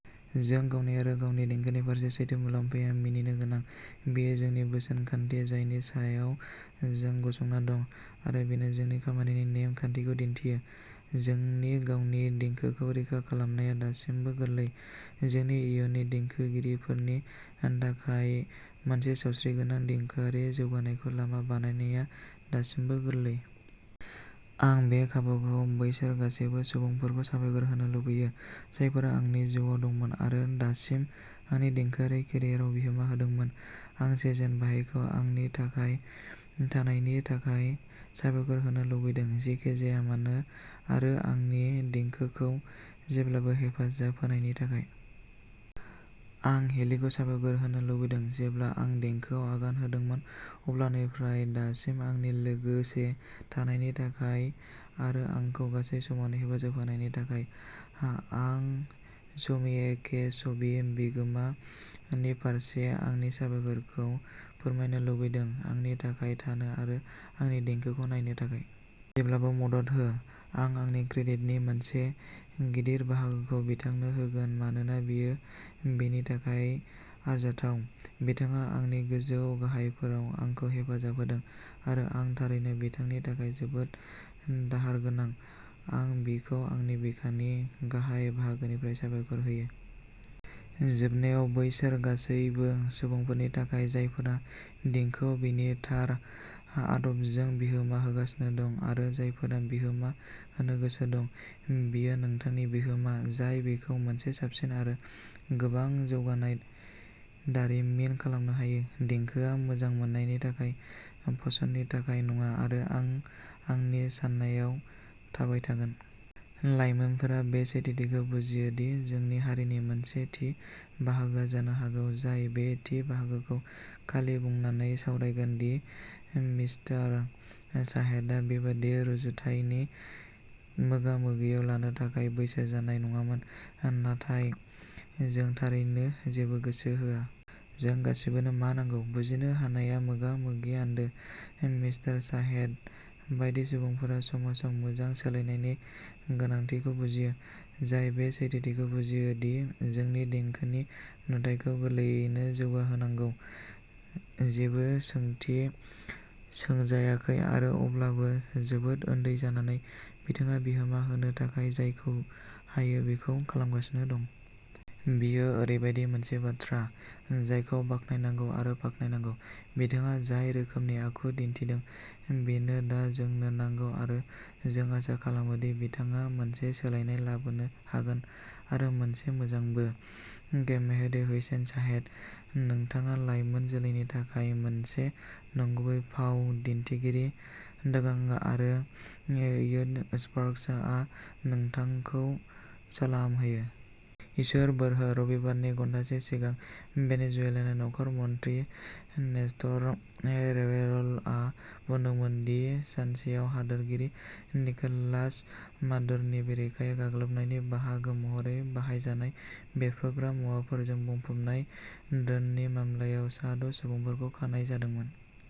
जों गावनि आरो गावनि देंखोनि फारसे सैथो, मुलाम्फाया मानिनो गोनां। बेयो जोंनि बोसोन खान्थि जायनि सायाव जों गसंना दं, आरो बेनो जोंनि खामानिनि नेम-खान्थिखौ दिन्थियो। जोंनि गावनि देंखोखौ रैखा खालामनाया दासिमबो गोरलै। जोंनि इयुननि देंखोगिरिफोरनि थाखाय मोनसे सावस्रिगोनां देंखोआरि जौगानायखौ लामा बानायनाया दासिमबो गोरलै। आं बे खाबुखौ बैसोर गासिबो सुबुंफोरखौ साबायखर होनो लुबैदों, जायफोरा आंनि जिउआव दंमोन आरो दासिम आंनि देंखोआरि केरियारआव बिहोमा होदोंमोन। आं सेजेन भाइखौ आंनि थाखाय थानायनि थाखाय साबायखर होनो लुबैदों, जेखि जाया मानो आरो आंनि देंखोखौ जेब्लाबो हेफाजाब होनायनि थाखाय। आं "हील" खौ साबायखर होनो लुबैदों, जेब्ला आं देंखोआव आगान होदोंमोन अब्लानिफ्राय दासिम आंनि लोगोसे थानायनि थाखाय आरो आंखौ गासै समावनो हेफाजाब होनायनि थाखाय। आं समी ए. के. समी, बिगोमा नि फारसे आंनि साबायखरखौ फोरमायनो लुबैदों, आंनि थाखाय थानो आरो आंनि देंखोखौ नायनो थाखाय। जेब्लाबो मदद हो। आं आंनि क्रेडिटनि मोनसे गिदिर बाहागोखौ बिथांनो होगोन मानोना बियो बेनि थाखाय आरजाथाव। बिथाङा आंनि गोजौ-गाहायफोराव आंखौ हेफाजाब होदों आरो आं थारैनो बिथांनि थाखाय जोबोद दाहार गोनां। आं बिखौ आंनि बिखानि गाहाय बाहागोनिफ्राय साबायखर होयो। जोबनायाव, बैसोर गासैबो सुबुंफोरनि थाखाय जायफोरा देंखोआव बेनि थार आदबजों बिहोमा होगासिनो दं आरो जायफोरा बिहोमा होनो गोसो दं, बेयो नोंथांनि बिहोमा जाय बेखौ मोनसे साबसिन आरो गोबां जौगानाय दारिमिन खालामनो हायो। देंखोआ मोजां मोननायनि थाखाय, फेसननि थाखाय नङा आरो आं आंनि साननायाव थाबाय थागोन। लाइमोनफोरा बे सैथोथिखौ बुजियो दि जोंनि हारिनि मोनसे थि बाहागोआ जानो हागौ जाय बे थि बाहागोखौ खालि बुंनानै सावरायगोन दि मिस्टार शाहेदआ बेबादि रुजुथायनि मोगा-मोगियाव लानो थाखाय बैसो जानाय नङामोन, नाथाय, जों थारैनो जेबो गोसो होआ। जों गासिबोनो मा नांगौ। बुजिनो हानाया मोगा मोगिनि आन्दो। मिस्टार शाहेद बायदि सुबुंफोरा समाजाव मोजां सोलायनायनि गोनांथिखौ बुजियो, जाय बे सैथोथिखौ बुजियो दि जोंनि देंखोनि नुथायखौ गोरलैयैनो जौगाहोनांगौ, जेबो सोंथि सोंजायाखै आरो अब्लाबो जोबोद उन्दै जानानै, बिथाङा बिहोमा होनो थाखाय जायखौ हायो बेखौ खालामगासिनो दं। बेयो ओरैबायदि मोनसे बाथ्रा जायखौ बाख्नायनांगौ आरो बाख्नायनांगौ। बिथाङा जाय रोखोमनि आखु दिन्थिदों, बेनो दा जोंनो नांगौ आरो जों आसा खालामो दि बिथाङा मोनसे सोलायनाय लाबोनो हागोन-आरो मोनसे मोजांबो। मेहदी हुसैन शाहेद, नोंथाङा लाइमोन जोलैनि थाखाय मोनसे नंगुबै फाव दिन्थिगिरि आरो युथस्पार्क्सआ नोंथांखौ सलाम होयो। इसोर बोर हो। रबिबारनि घन्टासे सिगां भेनेजुएलानि नखर मन्थ्रि नेस्टर रेवेरलआ बुंदोंमोन दि सानसेआव हादोरगिरि निकोलास मादुर'नि बेरेखायै गाग्लोबनायनि बाहागो महरै बाहायजानाय बेरफ्रुग्रा मुवाफोरजों बुंफबनाय ड्रोननि मामलायाव सा द'सुबुंफोरखौ खानाय जादोंमोन।